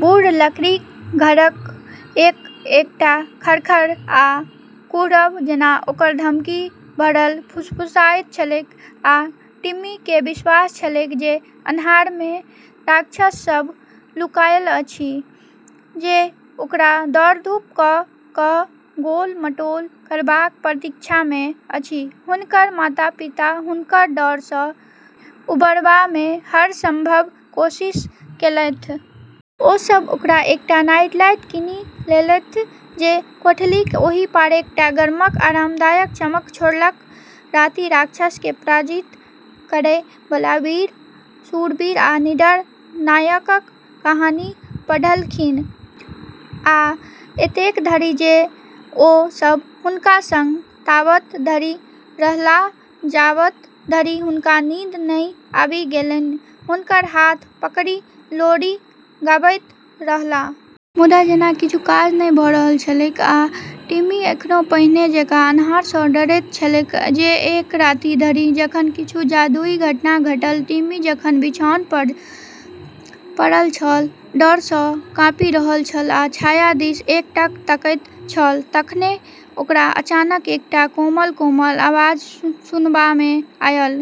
बूढ़ लकड़ीक घरक एक-एकटा खरखर आ कुहरब जेना ओकरा धमकी भरल फुसफुसाइत छलैक, आ टिम्मीकेँ विश्वास छलैक जे अन्हारमे राक्षस सभ लुकायल अछि, जे ओकरा दौड़-धूप क’ क’ गोल-मटोल करबाक प्रतीक्षामे अछि। हुनकर माता-पिता हुनकर डर सँ उबरबामे हर संभव कोशिश केलथि। ओ सभ ओकरा एकटा नाइटलाइट कीनि लेलथि जे कोठलीक ओहि पार एकटा गरम, आरामदायक चमक छोड़लक। रातिक राक्षसकेँ पराजित करय बला वीर शूरवीर आ निडर नायकक कहानी पढ़लखिन्ह। आ एतेक धरि जे ओ सभ हुनका संग ताबत धरि रहलाह जाबत धरि हुनका नींद नहि आबि गेलनि, हुनकर हाथ पकड़ि लोरी गबैत रहलाह। मुदा जेना किछु काज नहि भ’ रहल छलैक, आ टिम्मी एखनो पहिने जकाँ अन्हार सँ डरैत छलैक। जे एक राति धरि, जखन किछु जादुई घटना घटल। टिम्मी जखन बिछाओन पर पड़ल छल, डर सँ काँपि रहल छल आ छाया दिस एकटक तकैत छल, तखने ओकरा अचानक एकटा कोमल, कोमल आवाज सुनबामे आयल।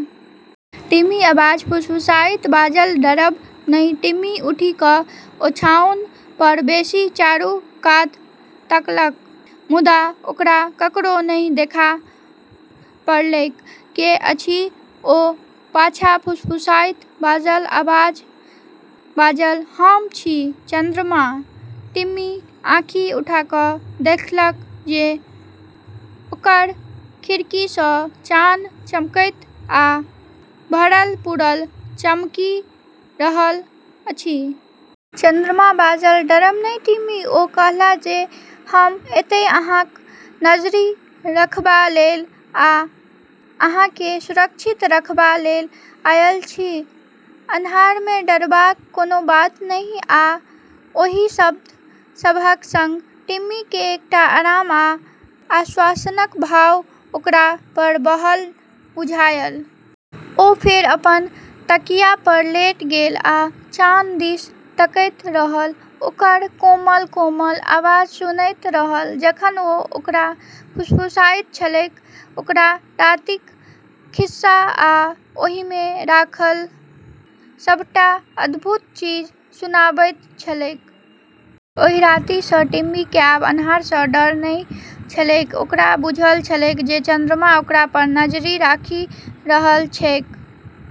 "टिम्मी" आवाज फुसफुसाइत बाजल। "डरब नहि।" टिम्मी उठि क’ ओछाओन पर बैसि चारू कात तकलक, मुदा ओकरा ककरो नहि देखा पड़लैक। "के अछि?" ओ पाछाँ फुसफुसाइत बाजल। आवाज बाजल, "हम छी, चन्द्रमा।" टिम्मी आँखि उठा क’ देखलक जे ओकर खिड़की सँ चान चमकैत आ भरल-पूरल चमकि रहल अछि। चन्द्रमा बाजल, "डरब नहि टिम्मी।" ओ कहला जे हम एतय अहाँक नजरि राखबा लेल आ अहाँकेँ सुरक्षित राखबा लेल आयल छी। अन्हारमे डरबाक कोनो बात नहि। आ ओहि शब्द सभक संग टिम्मीकेँ एकटा आराम आ आश्वासनक भाव ओकरा पर बहल बुझायल। ओ फेर अपन तकिया पर लेट गेल आ चान दिस तकैत रहल, ओकर कोमल, कोमल आवाज सुनैत रहल जखन ओ ओकरा फुसफुसाइत छलैक, ओकरा रातिक खिस्सा आ ओहिमे राखल सभटा अद्भुत चीज सुनाबैत छलैक। ओहि राति सँ टिम्मीकेँ आब अन्हार सँ डर नहि छलैक। ओकरा बुझल छलैक जे चन्द्रमा ओकरा पर नजरि राखि रहल छैक।